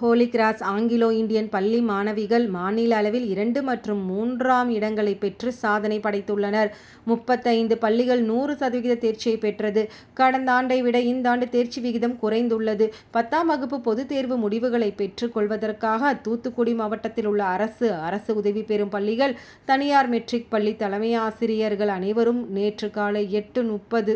Holy Cross Anglo Indian பள்ளி மாணவிகள் மாநில அளவில் இரண்டு மற்றும் மூன்றாம் இடங்களை பெற்று சாதனை படைத்துள்ளனர். முப்பத்தைந்து பள்ளிகள் நூறு சதவீத தேர்ச்சியை பெற்றது. கடந்தாண்டை விட இந்தாண்டு தேர்ச்சி விகிதம் குறைந்துள்ளது. பத்தாம் வகுப்பு பொதுத்தேர்வு முடிவுகளை பெற்றுக் கொள்வதற்காக தூத்துக்குடி மாவட்டத்தில் உள்ள அரசு, அரசு உதவி பெறும் பள்ளிகள், தனியார் மெட்ரிக் பள்ளி தலைமையாசிரியர்கள் அனைவரும் நேற்று காலை எட்டு.முப்பது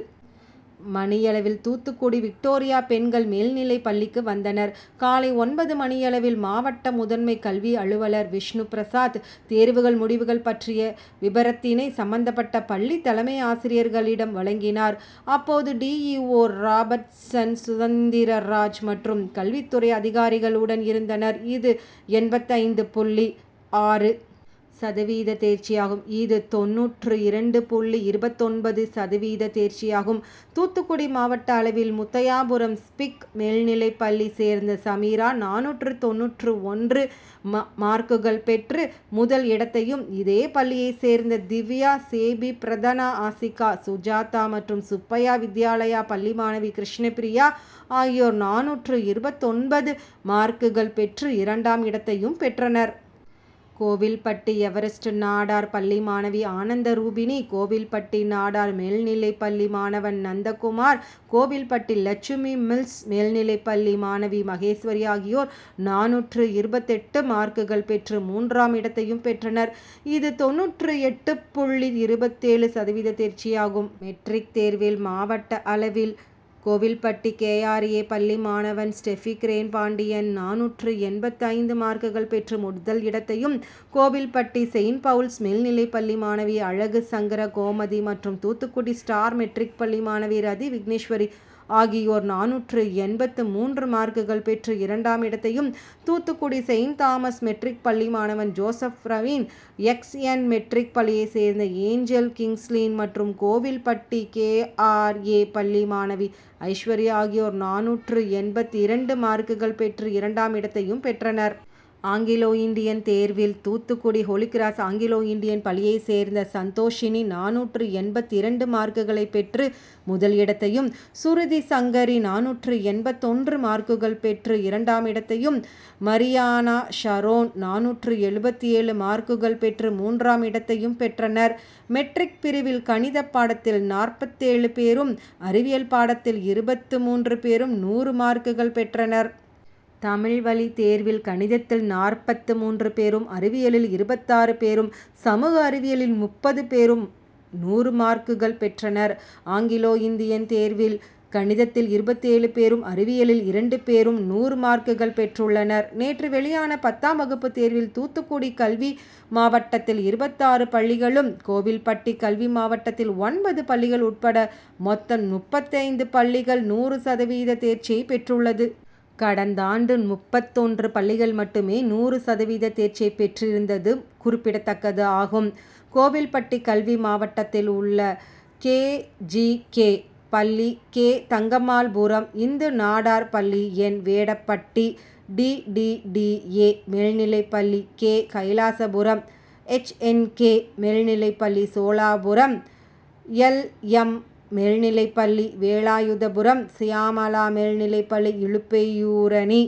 மணியளவில் தூத்துக்குடி விக்டோரியா பெண்கள் மேல்நிலை பள்ளிக்கு வந்தனர். காலை ஒன்பது மணியளவில் மாவட்ட முதன்மை கல்வி அலுவலர் விஷ்ணுபிரசாத் தேர்வுகள் முடிவுகள் பற்றிய விபரத்தினை சம்பந்தப்பட்ட பள்ளி தலைமையாசிரியர்களிடம் வழங்கினார். அப்போது டிஇஓ ராபர்ட்சன் சுதந்திரராஜ் மற்றும் கல்வித்துறை அதிகாரிகள் உடன் இருந்தனர். இது எண்பத்தைந்து புள்ளி .ஆறு சதவீத தேர்ச்சியாகும். இது தொண்ணூற்று இரண்டு புள்ளி இருபத்தொன்பது சதவீத தேர்ச்சியாகும். தூத்துக்குடி மாவட்ட அளவில் முத்தையாபுரம் ஸ்பிக் மேல்நிலைப்பள்ளி சேர்ந்த சமிரா நானூற்று தொண்ணூற்று ஒன்று மார்க்குகள் பெற்று முதல் இடத்தையும், இதே பள்ளியைச் சேர்ந்த திவ்யா, சேபிபிரதனாஆசிகா, சுஜாதா மற்றும் சுப்பையா வித்யாலயா பள்ளி மாணவி கிருஷ்ணபிரியா ஆகியோர் நானூற்று எண்பத்தொன்பது மார்க்குகள் பெற்று இரண்டாம் இடத்தையும் பெற்றனர். கோவில்பட்டி எவரெஸ்ட் நாடார் பள்ளி மாணவி ஆனந்த ரூபிணி, கோவில்பட்டி நாடார் மேல்நிலைப்பள்ளி மாணவன் நந்தகுமார், கோவில்பட்டி லட்சுமி மில்ஸ் மேல்நிலைப்பள்ளி மாணவி மகேஸ்வரி ஆகியோர் நானூற்று எண்பத்தெட்டு மார்க்குகள் பெற்று மூன்றாம் இடத்தையும் பெற்றனர். இது தொண்ணூற்று எட்டு புள்ளி இருபத்தேழு சதவீத தேர்ச்சியாகும். மெட்ரிக் தேர்வில் மாவட்ட அளவில் கோவில்பட்டி கேஆர்ஏ பள்ளி மாணவன் ஸ்டெப்பிகிரேன்பாண்டியன் நானூற்று எண்பத்தைந்து மார்க்குகள் பெற்று முதல் இடத்தையும், கோவில்பட்டி செயிண்ட் பவுல்ஸ் மேல்நிலைப்பள்ளி மாணவி அழகுசங்கரகோமதி மற்றும் தூத்துக்குடி ஸ்டார் மெட்ரிக் பள்ளி மாணவி ரதிவிக்னேஸ்வரி ஆகியோர் நானூற்று எண்பத்து மூன்று மார்க்குகள் பெற்று இரண்டாம் இடத்தையும், தூத்துக்குடி செயிண்ட் தாமஸ் மெட்ரிக் பள்ளி மாணவன் ஜோசப் பிரவீன், எக்ஸ்என் மெட்ரிக் பள்ளியைச் சேர்ந்த ஏஞ்சல் கிங்ஸ்லீன், மற்றும் கோவில்பட்டி கேஆர்ஏ பள்ளி மாணவி ஐஸ்வர்யா ஆகியோர் நானூற்று எண்பத்திரண்டு மார்க்குகள் பெற்று இரண்டாம் இடத்தையும் பெற்றனர். ஆங்கிலோ இண்டியன் தேர்வில் தூத்துக்குடி ஹோலிகிராஸ் ஆங்கிலோ இண்டியன் பள்ளியைச் சேர்ந்த சந்தோஷிணி நானூற்று எண்பத்திரண்டு மார்க்குளை பெற்று முதல் இடத்தையும், சுருதிசங்கரி நானூற்று எண்பத்தொன்று மார்க்குள் பெற்று இரண்டாம் இடத்தையும், மரியானாஷரோன் நானூற்று எழுபத்தேழு மார்க்குகள் பெற்று மூன்றாம் இடத்தையும் பெற்றனர். மெட்ரிக் பிரிவில் கணித பாடத்தில் நாற்பத்தேழு பேரும், அறிவியல் பாடத்தில் இருபத்து மூன்று பேரும் நூறு மார்க்குகள் பெற்றனர். தமிழ்வழி தேர்வில் கணிதத்தில் நாற்பத்து மூன்று பேரும், அறிவியலில் இருபத்தாறு பேரும், சமூக அறிவியலில் முப்பது பேரும் நூறு மார்க்குகள் பெற்றனர், ஆங்கிலோ இண்டியன் தேர்வில் கணிதத்தில் இருபத்தேழு பேரும், அறிவியலில் இரண்டு பேரும் நூறு மார்க்குகள் பெற்றுள்ளனர். நேற்று வெளியான பத்தாம் வகுப்பு தேர்வில் தூத்துக்குடி கல்வி மாவட்டத்தில் இருபத்தாறு பள்ளிகளும், கோவில்பட்டி கல்வி மாவட்டத்தில் ஒன்பது பள்ளிகள் உட்பட மொத்தம் முப்பத்தைந்து பள்ளிகள் நூறு சதவீத தேர்ச்சியை பெற்றுள்ளது. கடந்தாண்டு முப்பத்தொன்று பள்ளிகள் மட்டுமே நூறு சதவீத தேர்ச்சியை பெற்றிருந்தது குறிப்பிடதக்கது ஆகும். கோவில்பட்டி கல்வி மாவட்டத்தில் உள்ள கேஜிகே., பள்ளி கே. தங்கம்மாள்புரம், இந்துநாடார் பள்ளி என். வேடபட்டி, டிடிடிஏ., மேல்நிலைப்பள்ளி கே. கைலாசபுரம், எச்என்கே., மேல்நிலைப்பள்ளி சோழாபுரம், எல். எம்., மேல்நிலைப்பள்ளி வேலாயுதபுரம், சியாமளா மேல்நிலைப்பள்ளி இலுப்பையூரணி,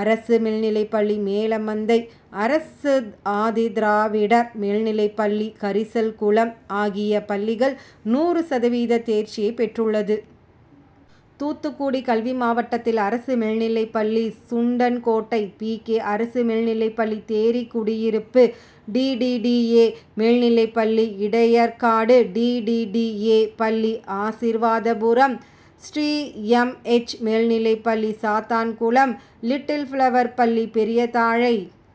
அரசு மேல்நிலைப்பள்ளி மேலமந்தை, அரசு ஆதிதிராவிடர் மேல்நிலைப்பள்ளி கரிசல்குளம் ஆகிய பள்ளிகள் நூறு சதவீத சேர்ச்சியை பெற்றுள்ளது. தூத்துக்குடி கல்வி மாவட்டத்தில் அரசு மேல்நிலைப்பள்ளி சுண்டன்கோட்டை, பி. கே. அரசு மேல்நிலைப்பள்ளி தேரிகுடியிருப்பு, டிடிடிஏ மேல்நிலைப்பள்ளி இடையர்காடு, டிடிடிஏ., பள்ளி ஆசிர்வாதபுரம், ஸ்ரீ எம். எச். மேல்நிலைப்பள்ளி சாத்தான்குளம், லிட்டில் பிளவர் பள்ளி பெரியதாழை,